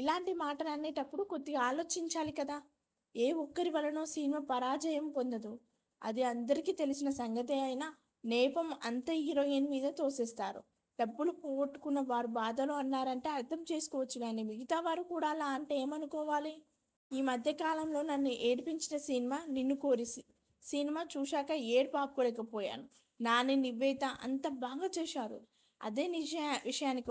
ఇలాంటి మాటలు అనేటప్పుడు కొద్దిగా ఆలోచించాలి కదా! ఏ ఒక్కరి వలనో సినిమా పరాజయం పొందదు. అది అందరికీ తెలిసిన సంగతే అయినా నెపం అంతా హీరోయిన్ మీదే తోసేస్తారు. డబ్బులు పోగొట్టుకున్న వారు బాధలో అన్నారంటే అర్థం చేసుకోవచ్చు కానీ మిగతా వారు కూడా అలా అంటే ఏమనుకోవాలి? ఈ మధ్య కాలంలో నన్ను ఏడిపించిన సినిమా'నిన్ను కోరి' సినిమా చూసాక ఏడుపు ఆపుకోలేకపోయాను. నాని, నివేదా అంత బాగా చేశారు. అదే విషయాన్ని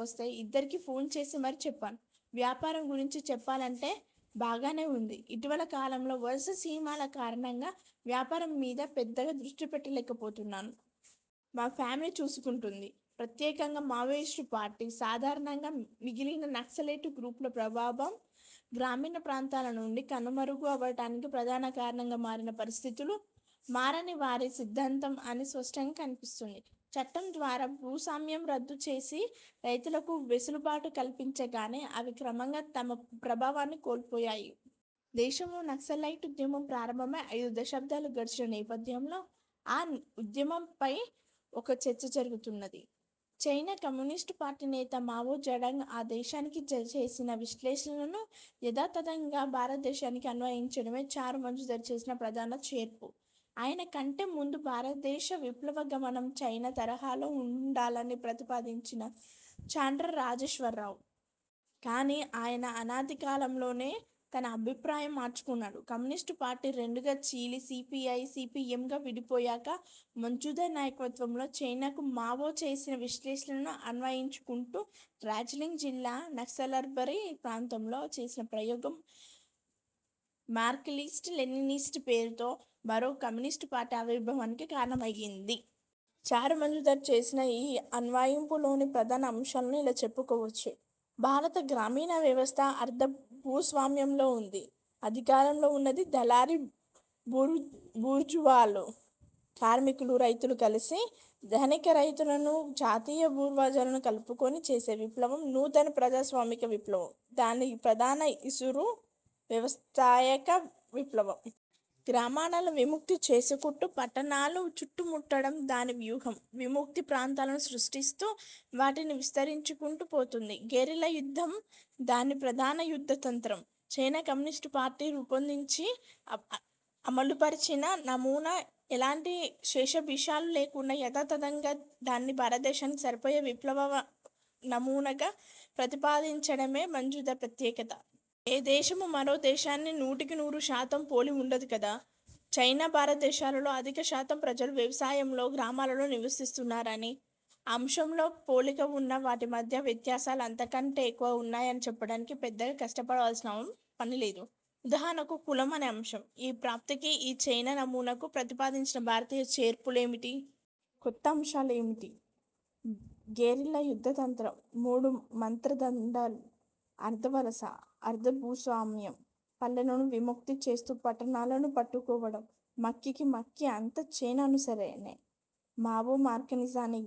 ఇద్దరికీ ఫోన్ చేసి మరీ చెప్పాను. వ్యాపారం గురించి చెప్పాలంటేబాగానే ఉంది. ఇటీవలి కాలంలో వరుస సినిమాల కారణంగా వ్యాపారం మీద పెద్దగా దృష్టి పెట్టలేకపోతున్నాను. మా ఫ్యామిలీ చూసుకుంటోంది. ప్రత్యేకంగా మావోయిస్టు పార్టీ, సాధారణంగా మిగిలిన నక్సలైట్ గ్రూపుల ప్రభావం గ్రామీణ ప్రాంతాల నుండి కనుమరుగు అవ్వడానికి ప్రధానకారణం మారిన 'పరిస్థితులు' మారని వారి 'సిద్ధాంతం' అని స్పష్టంగా కన్పిస్తుంది. చట్టం ద్వారా భూస్వామ్యం రద్దు చేసి రైతులకు వెసులుబాటు కల్పించగానే అవి క్రమంగా తమ ప్రాభావాన్ని కోల్పోయాయి. దేశంలో నక్సలైట్ ఉద్యమం ప్రారంభమై ఐదు దశబ్దాలు గడిచిన నేపథ్యంలో, ఆ ఉద్యమంపై ఒక చర్చ జరుగుతున్నది. చైనా కమ్యూనిస్టు పార్టీ నేత మావో జెడాంగ్ ఆ దేశానికి చేసిన విశ్లేషణను యథాతథంగా భారతదేశానికి అన్వయించడమే చారు మజుందార్ చేసిన ప్రధాన చేర్పు. ఆయనకంటే ముందు భారతదేశ విప్లవ గమనం చైనా తరహాలో వుండాలని ప్రతిపాదించింది చండ్ర రాజేశ్వర రావు. కానీ ఆయన అనతికాలంలోనే తన అభిప్రాయం మార్చుకున్నారు. కమ్యూనిస్టు పార్టీ రెండుగా చీలి సీపీఐ, సీపీఎంగా విడిపోయాక, మజుందార్ నాయకత్వంలో చైనాకు మావో చేసిన విశ్లేషణను అన్వయించుకుంటూ డార్జిలింగ్ జిల్లా నక్సల్బరీ ప్రాంతంలో చేసిన ప్రయోగం 'మార్క్సిస్టు లెనినిస్ట్' పేరుతో మరో కమ్యూనిస్టుపార్టీ ఆవిర్భావానికి కారణమయ్యింది. చారు మజుందార్ చేసిన ఈ అన్వయింపులోని ప్రధాన అంశాలను ఇలా చెప్పుకోవచ్చు. భారత గ్రామీణ వ్యవస్థ అర్ధ భూస్వామ్యంలో వుంది. అధికారంలో వున్నది దళారీ బూర్జువాలు. కార్మికులు, రైతులు కలిసి ధనిక రైతులను, జాతీయ బూర్జువాలను కలుపుకొని చేసే విప్లవం 'నూతన ప్రజాస్వామిక విప్లవం'. దాని ప్రధాన 'ఇరుసు' వ్యవసాయక విప్లవం. గ్రామాలను విముక్తి చేసుకుంటూ పట్టణాలు చుట్టుముట్టడం దానివ్యూహం. 'విముక్తి' ప్రాంతాలను సృష్టిస్తూ వాటిని విస్తరించుకుంటూ పోతుంది. గెరిల్లా యుద్ధం దాని ప్రధాన యుద్ధ తంత్రం. చైనా కమ్యూనిస్టు పార్టీ రూపొందించి అమలుపర్చిన నమూనా ఎలాంటి శషబిషలు లేకుండా యథాతథంగా దాన్ని భారతదేశానికి సరిపోయే విప్లవనమూనాగా ప్రతిపాదించడమే మజుందార్ ప్రత్యేకత. ఏ దేశమూ మరోదేశాన్ని నూటికి నూరుశాతం పోలి వుండదు కదా?! చైనా- భారతదేశాలలో అధికశాతం ప్రజలు వ్యవసాయంలో, గ్రామాల్లో జీవిస్తున్నారనే అంశంలో పోలికవున్నా వాటి మధ్య వ్యత్యాసాలు అంతకంటే ఎక్కువ వున్నాయని చెప్పడానికీ పెద్దగా కష్టపడవలసిన పనిలేదు. ఉదాహరణకు 'కులం' అనే అంశం. ఆ ప్రాప్తికి ఈ చైనా నమూనాకు ప్రతిపాదించిన భారతీయ చేర్పులు ఏమిటి? కొత్తఅంశాలు ఏమిటి? గెరిల్లా యుద్ధతంత్రం, మూడు మంత్రదండాలు, అర్ధవలస – అర్ధ భూస్వామ్యం, పల్లెలను విముక్తి చేస్తూ పట్టణాలను పట్టుకోవడం, మక్కికి మక్కి అంతా చైనా అనుసరణే. మావో మార్క్సిజాన్ని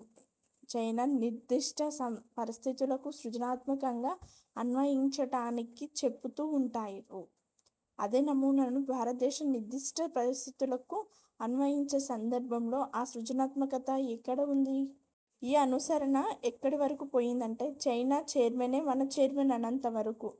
చైనా నిర్దిష్ట పరిస్థితులకు సృజనాత్మకంగా అన్వయించడానికి చెపుతూ వుంటారు. అదే నమూనాను భారతదేశ నిర్దిష్ట పరిస్ధితులకు అన్వయించే సందర్భంలో ఆ 'సృజనాత్మకత' ఎక్కడ వుంది? ఈ అనుసరణ ఎక్కడి వరకు పోయిందంటే 'చైనా చైర్మనే మన చైర్మన్' అనేంత వరకు.